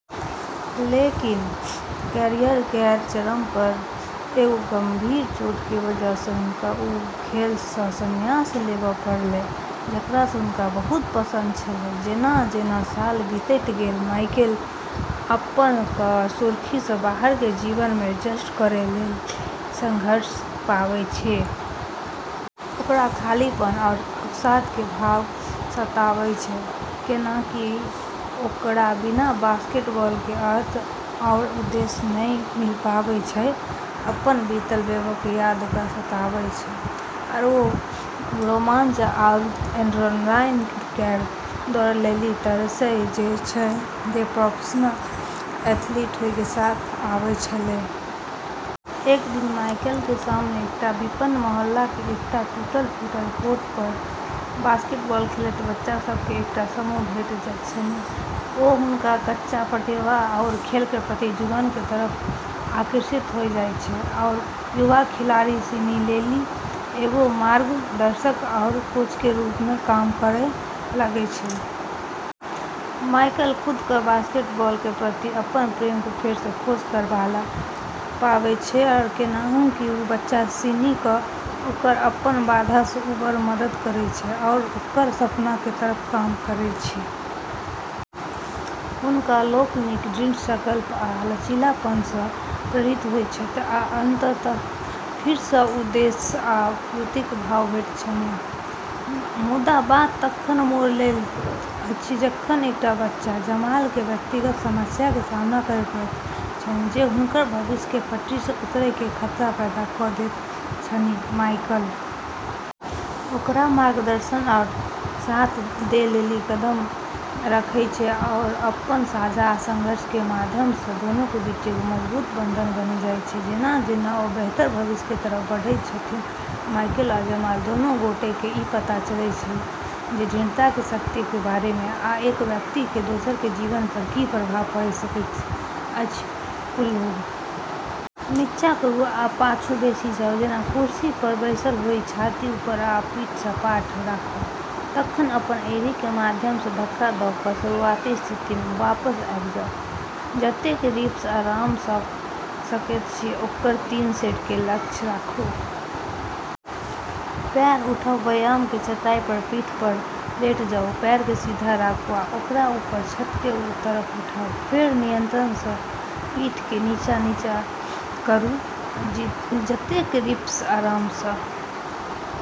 लेकिन कैरियर केरऽ चरम पर एगो गंभीर चोट के वजह सऽ हुनका वू खेल सऽ संन्यास लेबै पड़लै जेकरा सऽ हुनका बहुत पसंद छेलै। जेना-जेना साल बीतैत गेलै, माइकल अपना कऽ सुर्खी सऽ बाहर के जीवन मऽ एडजस्ट करै लेली संघर्षरत पाबै छै। ओकरा खालीपन आरू अवसाद के भाव सताबै छै, कैन्हेंकि ओकरा बिना बास्केटबॉल के अर्थ आरू उद्देश्य नै मिल पाबै छै। अपनऽ बीतलऽ वैभव के याद ओकरा सताबै छै, आरू वू रोमांच आरू एड्रेनालाईन केरऽ दौड़ लेली तरसै छै जे प्रोफेशनल एथलीट होय के साथ आबै छेलै। एक दिन माइकल के सामने एकटा विपन्न मोहल्ला के एकटा टूटल-फूटल कोर्ट पर बास्केटबॉल खेलैत बच्चा सब के एकटा समूह भेटैत छनि। ओ हुनकऽ कच्चा प्रतिभा आरू खेल के प्रति जुनून के तरफ आकर्षित होय जाय छै, आरू युवा खिलाड़ी सिनी लेली एगो मार्गदर्शक आरू कोच के रूप मऽ काम करै लगै छै। माइकल खुद कऽ बास्केटबॉल के प्रति अपनऽ प्रेम के फेर सऽ खोज करै वाला पाबै छै, कैन्हेंकि वू बच्चा सिनी कऽ ओकरऽ अपनऽ बाधा सऽ उबरऽ मऽ मदद करै छै आरू ओकरऽ सपना के तरफ काम करै छै। हुनका लोकनिक दृढ़ संकल्प आ लचीलापन सँ प्रेरित होइत छथि, आ अंततः फेर सँ उद्देश्य आ पूर्तिक भाव भेटैत छनि। मुदा बात तखन मोड़ लैत अछि जखन एकटा बच्चा जमाल के व्यक्तिगत समस्या के सामना करय पड़ैत छनि जे हुनकर भविष्य के पटरी सं उतरय के खतरा पैदा क दैत छनि ।माइकल ओकरा मार्गदर्शन आरू साथ दै लेली कदम रखै छै, आरू अपनऽ साझा संघर्ष के माध्यम स॑ दोनों के बीच एगो मजबूत बंधन बनी जाय छै। जेना-जेना ओ बेहतर भविष्य के तरफ बढ़ैत छथि, माइकल आ जमाल दुनू गोटे के ई पता चलैत छनि जे दृढ़ता के शक्ति के बारे में, आ एक व्यक्ति के दोसर के जीवन पर की प्रभाव पड़ि सकैत अछि ।कूल्हि नीचाँ करू आ पाछू बैसि जाउ जेना कुर्सी पर बैसल होइ। छाती ऊपर आ पीठ सपाट राखू। तखन अपन एड़ी के माध्यम सं धक्का द क शुरुआती स्थिति मे वापस आबि जाउ। जतेक रिप्स आराम स क सकैत छी ओकर तीन सेट के लक्ष्य राखू। पैर उठब: व्यायाम के चटाई पर पीठ पर लेट जाउ। पैर कें सीधा राखूं, आ ओकरा ऊपर छत के तरफ उठाऊ, फेर नियंत्रण स पीठ के नीचा नीचा करू ।जतेक रिप्स आराम स ।